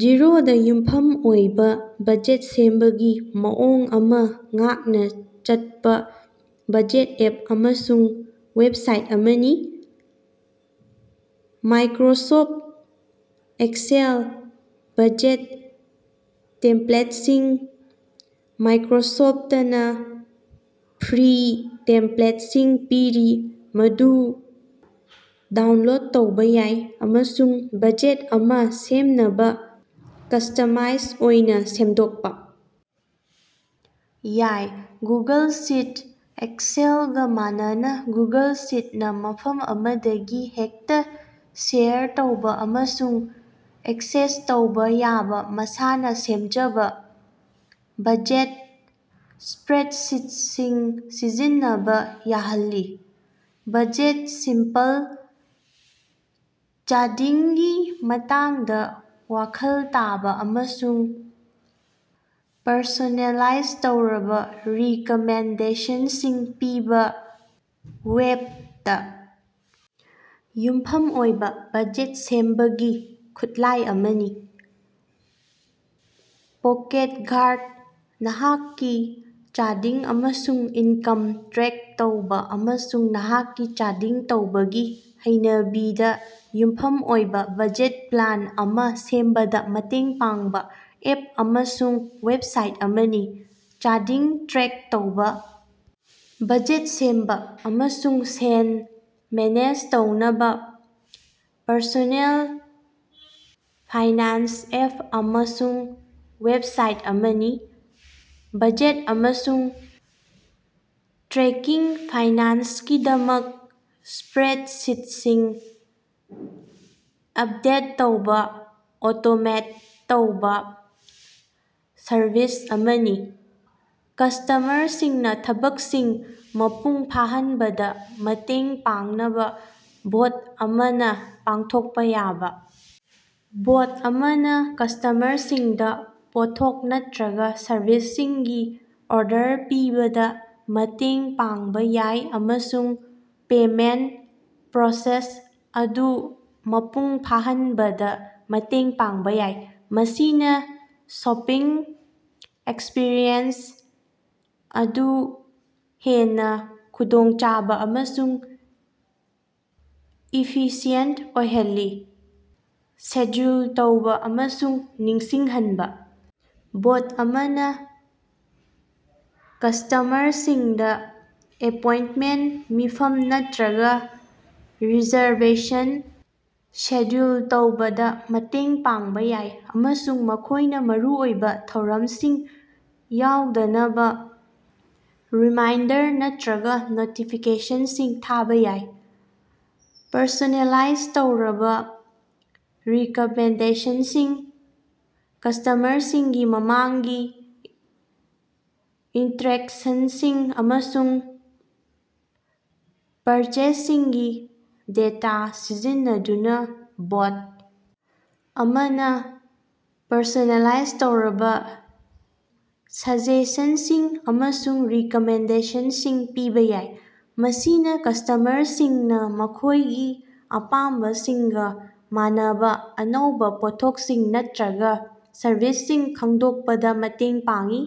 ꯖꯤꯔꯣꯗꯥ ꯌꯨꯝꯐꯝ ꯑꯣꯏꯕ ꯕꯖꯦꯠ ꯁꯦꯝꯕꯒꯤ ꯃꯑꯣꯡ ꯑꯃꯥ ꯉꯥꯛꯅ ꯆꯠꯄ ꯕꯖꯦꯠ ꯑꯦꯞ ꯑꯃꯁꯨꯡ ꯋꯦꯕꯁꯥꯏꯠ ꯑꯃꯅꯤ꯫ ꯃꯥꯏꯀꯔꯣꯁꯣꯐꯠ ꯑꯦꯛꯁꯦꯜ ꯕꯖꯦꯠ ꯇꯦꯝꯄ꯭ꯂꯦꯠꯁꯤꯡ: ꯃꯥꯏꯀꯔꯣꯁꯣꯐꯇꯅꯥ ꯐ꯭ꯔꯤ ꯇꯦꯝꯄꯂꯦꯠꯁꯤꯡ ꯄꯤꯔꯤ ꯃꯗꯨ ꯗꯥꯎꯟꯂꯣꯗ ꯇꯧꯕ ꯌꯥꯏ ꯑꯃꯁꯨꯡ ꯕꯖꯦꯠ ꯑꯃꯥ ꯁꯦꯝꯅꯕ ꯀꯁ꯭ꯇꯃꯥꯏꯁ ꯑꯣꯏꯅ ꯁꯦꯝꯗꯣꯛꯄ ꯌꯥꯏ꯫ ꯒꯨꯒꯜ ꯁꯤꯠ: ꯑꯦꯛꯁꯦꯜꯒ ꯃꯥꯟꯅꯅ ꯒꯨꯒꯜ ꯁꯤꯠꯅ ꯃꯐꯝ ꯑꯃꯗꯒꯤ ꯍꯦꯛꯇ ꯁꯦꯌꯔ ꯇꯧꯕ ꯑꯃꯁꯨꯡ ꯑꯦꯛꯁꯦꯁ ꯇꯧꯕ ꯌꯥꯕ ꯃꯁꯥꯅ ꯁꯦꯝꯖꯕ ꯕꯖꯦꯠ ꯁ꯭ꯄꯔꯦꯗꯁꯤꯠꯁꯤꯡ ꯁꯤꯖꯤꯟꯅꯕ ꯌꯥꯍꯜꯂꯤ꯫ ꯕꯖꯦꯠꯁꯤꯝꯄꯜ: ꯆꯥꯗꯤꯡꯒꯤ ꯃꯇꯥꯡꯗ ꯋꯥꯈꯜ ꯇꯥꯕ ꯑꯃꯁꯨꯡ ꯄꯔꯁꯣꯅꯦꯂꯥꯏꯖ ꯇꯧꯔꯕ ꯔꯤꯀꯃꯦꯟꯗꯦꯁꯟꯁꯤꯡ ꯄꯤꯕ ꯋꯦꯕꯇ ꯌꯨꯝꯐꯝ ꯑꯣꯏꯕ ꯕꯖꯦꯠ ꯁꯦꯝꯕꯒꯤ ꯈꯨꯠꯂꯥꯏ ꯑꯃꯅꯤ꯫ ꯄꯣꯀꯦꯠꯒꯥꯔꯗ: ꯅꯍꯥꯛꯀꯤ ꯆꯥꯗꯤꯡ ꯑꯃꯁꯨꯡ ꯏꯟꯀꯝ ꯇ꯭ꯔꯦꯛ ꯇꯧꯕ ꯑꯃꯁꯨꯡ ꯅꯍꯥꯛꯀꯤ ꯆꯥꯗꯤꯡ ꯇꯧꯕꯒꯤ ꯍꯩꯅꯕꯤꯗ ꯌꯨꯝꯐꯝ ꯑꯣꯏꯕ ꯕꯖꯦꯠ ꯄ꯭ꯂꯥꯟ ꯑꯃꯥ ꯁꯦꯝꯕꯗ ꯃꯇꯦꯡ ꯄꯥꯡꯕ ꯑꯦꯞ ꯑꯃꯁꯨꯡ ꯋꯦꯕꯁꯥꯏꯠ ꯑꯃꯅꯤ꯫ ꯆꯥꯗꯤꯡ ꯇ꯭ꯔꯦꯛ ꯇꯧꯕ, ꯕꯖꯦꯠ ꯁꯦꯝꯕ, ꯑꯃꯁꯨꯡ ꯁꯦꯟ ꯃꯦꯅꯦꯖ ꯇꯧꯅꯕ ꯄꯔꯁꯣꯅꯦꯜ ꯐꯥꯏꯅꯥꯟꯁ ꯑꯦꯞ ꯑꯃꯁꯨꯡ ꯋꯦꯕꯁꯥꯏꯠ ꯑꯃꯅꯤ꯫ ꯕꯖꯦꯠ ꯑꯃꯁꯨꯡ ꯇ꯭ꯔꯦꯀꯤꯡ ꯐꯥꯏꯅꯥꯟꯁꯀꯤꯗꯃꯛ ꯁ꯭ꯄꯔꯦꯗꯁꯤꯠꯁꯤꯡ ꯑꯞꯗꯦꯠ ꯇꯧꯕ ꯑꯣꯇꯣꯃꯦꯠ ꯇꯧꯕ ꯁꯔꯚꯤꯁ ꯑꯃꯅꯤ꯫ ꯀꯁ꯭ꯇꯃꯔꯁꯤꯡꯅ ꯊꯕꯛꯁꯤꯡ ꯃꯄꯨꯡ ꯐꯥꯍꯟꯕꯗ ꯃꯇꯦꯡ ꯄꯥꯡꯅꯕ ꯕꯣꯠ ꯑꯃꯅ ꯄꯥꯡꯊꯣꯛꯄ ꯌꯥꯕ ꯕꯣꯠ ꯑꯃꯅ ꯀꯁ꯭ꯇꯃꯔꯁꯤꯡꯗ ꯄꯣꯠꯊꯣꯛ ꯅꯠꯇꯔꯒ ꯁꯔꯚꯤꯁꯁꯤꯡꯒꯤ ꯑꯣꯔꯗꯔ ꯄꯤꯕꯗ ꯃꯇꯦꯡ ꯄꯥꯡꯕ ꯌꯥꯏ ꯑꯃꯁꯨꯡ ꯄꯦꯃꯦꯟꯠ ꯄ꯭ꯔꯣꯁꯦꯁ ꯑꯗꯨ ꯃꯄꯨꯡ ꯐꯥꯍꯟꯕꯗ ꯃꯇꯦꯡ ꯄꯥꯡꯕ ꯌꯥꯏ, ꯃꯁꯤꯅ ꯁꯣꯄꯤꯡ ꯑꯦꯛꯁꯄꯤꯔꯤꯑꯦꯟꯁ ꯑꯗꯨ ꯍꯦꯟꯅ ꯈꯨꯗꯣꯡꯆꯥꯕ ꯑꯃꯁꯨꯡ ꯏꯐꯤꯁꯤꯑꯦꯟꯠ ꯑꯣꯏꯍꯜꯂꯤ꯫ ꯁꯦꯗ꯭ꯌꯨꯜ ꯇꯧꯕ ꯑꯃꯁꯨꯡ ꯅꯤꯡꯁꯤꯡꯍꯟꯕ: ꯕꯣꯠ ꯑꯃꯅ ꯀꯁ꯭ꯇꯃꯔꯁꯤꯡꯗ ꯑꯦꯄꯣꯏꯟꯠꯃꯦꯟꯠ, ꯃꯤꯐꯝ ꯅꯠꯇꯔꯒ ꯔꯤꯖꯔꯕꯦꯁꯟ ꯁꯦꯗ꯭ꯌꯨꯜ ꯇꯧꯕꯗ ꯃꯇꯦꯡ ꯄꯥꯡꯕ ꯌꯥꯏ, ꯑꯃꯁꯨꯡ ꯃꯈꯣꯏꯅ ꯃꯔꯨꯑꯣꯏꯕ ꯊꯧꯔꯝꯁꯤꯡ ꯌꯥꯎꯗꯅꯕ ꯔꯤꯃꯥꯏꯟꯗꯔ ꯅꯠꯇꯔꯒ ꯅꯣꯇꯤꯐꯤꯀꯦꯁꯟꯁꯤꯡ ꯊꯥꯕꯥ ꯌꯥꯏ꯫ ꯄꯔꯁꯣꯅꯦꯂꯥꯏꯖ ꯇꯧꯔꯕ ꯔꯤꯀꯃꯦꯟꯗꯦꯁꯟꯁꯤꯡ: ꯀꯁ꯭ꯇꯃꯔꯁꯤꯡꯒꯤ ꯃꯃꯥꯡꯒꯤ ꯏꯟꯇꯔꯦꯛꯁꯟꯁꯤꯡ ꯑꯃꯁꯨꯡ ꯄꯔꯆꯦꯖꯁꯤꯡꯒꯤ ꯗꯦꯇꯥ ꯁꯤꯖꯤꯟꯅꯗꯨꯅ ꯕꯣꯠ ꯑꯃꯅ ꯄꯔꯁꯣꯅꯦꯂꯥꯏꯖ ꯇꯧꯔꯕ ꯁꯖꯦꯁꯟꯁꯤꯡ ꯑꯃꯁꯨꯡ ꯔꯤꯀꯃꯦꯟꯗꯦꯁꯟꯁꯤꯡ ꯄꯤꯕ ꯌꯥꯏ, ꯃꯁꯤꯅ ꯀꯁ꯭ꯇꯃꯔꯁꯤꯡꯅ ꯃꯈꯣꯏꯒꯤ ꯑꯄꯥꯝꯕꯁꯤꯡꯒ ꯃꯥꯟꯅꯕ ꯑꯅꯧꯕ ꯄꯣꯠꯊꯣꯛꯁꯤꯡ ꯅꯠꯇꯔꯒ ꯁꯔꯚꯤꯁꯁꯤꯡ ꯈꯪꯗꯣꯛꯄꯗ ꯃꯇꯦꯡ ꯄꯥꯡꯏ꯫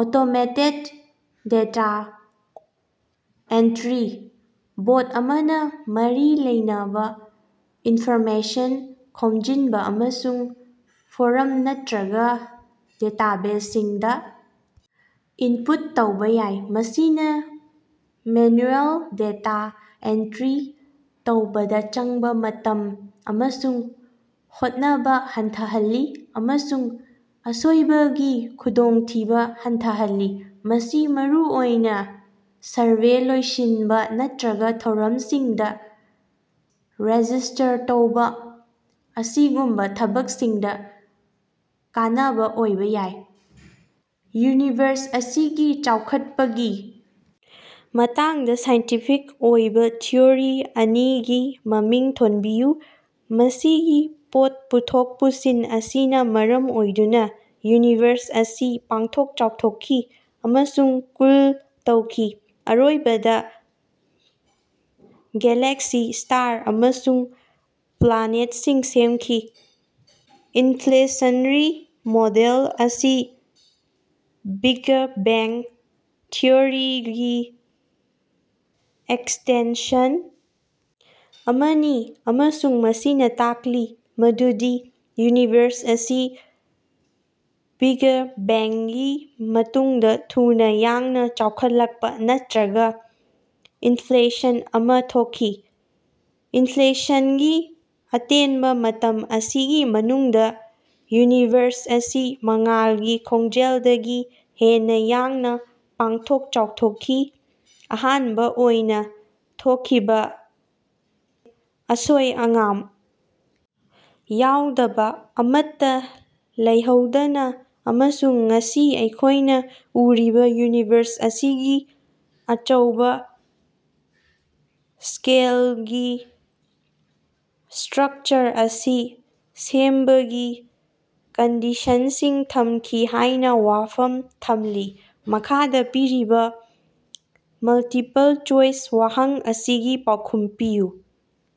ꯑꯣꯇꯣꯃꯦꯇꯦꯗ ꯗꯦꯇꯥ ꯑꯦꯟꯇꯔꯤ: ꯕꯣꯠ ꯑꯃꯅ ꯃꯔꯤ ꯂꯩꯅꯕ ꯏꯟꯐꯣꯔꯃꯦꯁꯟ ꯈꯣꯝꯖꯤꯟꯕ ꯑꯃꯁꯨꯡ ꯐꯣꯔꯝ ꯅꯠꯇꯔꯒ ꯗꯦꯇꯥꯕꯦꯖꯁꯤꯡꯗ ꯏꯟꯄꯨꯠ ꯇꯧꯕ ꯌꯥꯏ, ꯃꯁꯤꯅ ꯃꯦꯅꯨꯑꯦꯜ ꯗꯦꯇꯥ ꯑꯦꯟꯇꯔꯤ ꯇꯧꯕꯗ ꯆꯪꯕꯥ ꯃꯇꯝ ꯑꯃꯁꯨꯡ ꯍꯣꯠꯅꯕ ꯍꯟꯊꯍꯜꯂꯤ ꯑꯃꯁꯨꯡ ꯑꯁꯣꯏꯕꯒꯤ ꯈꯨꯗꯣꯡꯊꯤꯕ ꯍꯟꯊꯍꯜꯂꯤ꯫ ꯃꯁꯤ ꯃꯔꯨꯑꯣꯏꯅ ꯁꯔꯚꯦ ꯂꯣꯏꯁꯤꯟꯕ ꯅꯠꯇꯔꯒ ꯊꯧꯔꯝꯁꯤꯡꯗ ꯔꯦꯖꯤꯁ꯭ꯇꯔ ꯇꯧꯕ ꯑꯁꯤꯒꯨꯝꯕ ꯊꯕꯛꯁꯤꯡꯗ ꯀꯥꯟꯅꯕ ꯑꯣꯏꯕ ꯌꯥꯏ꯫ ꯌꯨꯅꯤꯚꯔꯁ ꯑꯁꯤꯒꯤ ꯆꯥꯎꯈꯠꯄꯒꯤ ꯃꯇꯥꯡꯗ ꯁꯥꯏꯟꯇꯤꯐꯤꯛ ꯑꯣꯏꯕ ꯊꯤꯎꯔꯤ ꯑꯅꯤꯒꯤ ꯃꯃꯤꯡ ꯊꯣꯟꯕꯤꯌꯨ꯫ ꯃꯁꯤꯒꯤ ꯄꯣꯠ ꯄꯨꯊꯣꯛ ꯄꯨꯁꯤꯟ ꯑꯁꯤꯅ ꯃꯔꯝ ꯑꯣꯏꯗꯨꯅ ꯌꯨꯅꯤꯚꯔꯁ ꯑꯁꯤ ꯄꯥꯛꯊꯣꯛ-ꯆꯥꯎꯊꯣꯛꯈꯤ ꯑꯃꯁꯨꯡ ꯀꯨꯜ ꯇꯧꯈꯤ, ꯑꯔꯣꯏꯕꯗ ꯒꯦꯂꯦꯛꯁꯤ, ꯁ꯭ꯇꯥꯔ ꯑꯃꯁꯨꯡ ꯄ꯭ꯂꯥꯅꯦꯠꯁꯤꯡ ꯁꯦꯝꯈꯤ꯫ ꯏꯟꯐ꯭ꯂꯦꯁꯟꯔꯤ ꯃꯣꯗꯦꯜ ꯑꯁꯤ ꯕꯤꯒ ꯕꯦꯡ ꯊꯤꯑꯣꯔꯤꯒꯤ ꯑꯦꯛꯁꯇꯦꯟꯁꯟ ꯑꯃꯅꯤ, ꯑꯃꯁꯨꯡ ꯃꯁꯤꯅ ꯇꯥꯛꯂꯤ ꯃꯗꯨꯗꯤ ꯌꯨꯅꯤꯚꯔꯁ ꯑꯁꯤ ꯕꯤꯒ ꯕꯦꯡꯒꯤ ꯃꯇꯨꯡꯗ ꯊꯨꯅ ꯌꯥꯡꯅ ꯆꯥꯎꯈꯠꯂꯛꯄ ꯅꯠꯇꯔꯒ ꯏꯟꯐ꯭ꯂꯦꯁꯟ ꯑꯃꯥ ꯊꯣꯛꯈꯤ꯫ ꯏꯟꯐ꯭ꯂꯦꯁꯟꯒꯤ ꯑꯇꯦꯟꯕ ꯃꯇꯝ ꯑꯁꯤꯒꯤ ꯃꯅꯨꯡꯗ, ꯌꯨꯅꯤꯚꯔꯁ ꯑꯁꯤ ꯃꯉꯥꯜꯒꯤ ꯈꯣꯡꯖꯦꯜꯗꯒꯤ ꯍꯦꯟꯅ ꯌꯥꯡꯅ ꯄꯥꯛꯊꯣꯛ-ꯆꯥꯎꯊꯣꯛꯈꯤ, ꯑꯍꯥꯟꯕ ꯑꯣꯏꯅ ꯊꯣꯛꯈꯤꯕ ꯑꯁꯣꯏ-ꯑꯉꯥꯝ ꯌꯥꯎꯗꯕ ꯑꯃꯠꯇ ꯂꯩꯍꯟꯗꯅ ꯑꯃꯁꯨꯡ ꯉꯁꯤ ꯑꯩꯈꯣꯏꯅ ꯎꯔꯤꯕ ꯌꯨꯅꯤꯚꯔꯁ ꯑꯁꯤꯒꯤ ꯑꯆꯧꯕ ꯁ꯭ꯀꯦꯜꯒꯤ ꯁ꯭ꯇꯔꯛꯆꯔ ꯑꯁꯤ ꯁꯦꯝꯕꯒꯤ ꯀꯟꯗꯤꯁꯟꯁꯤꯡ ꯊꯝꯈꯤ ꯍꯥꯏꯅ ꯋꯥꯐꯝ ꯊꯝꯂꯤ꯫ ꯃꯈꯥꯗ ꯄꯤꯔꯤꯕ ꯃꯜꯇꯤꯄꯜ ꯆꯣꯏꯁ ꯋꯥꯍꯪ ꯑꯁꯤꯒꯤ ꯄꯥꯎꯈꯨꯝ ꯄꯤꯌꯨ꯫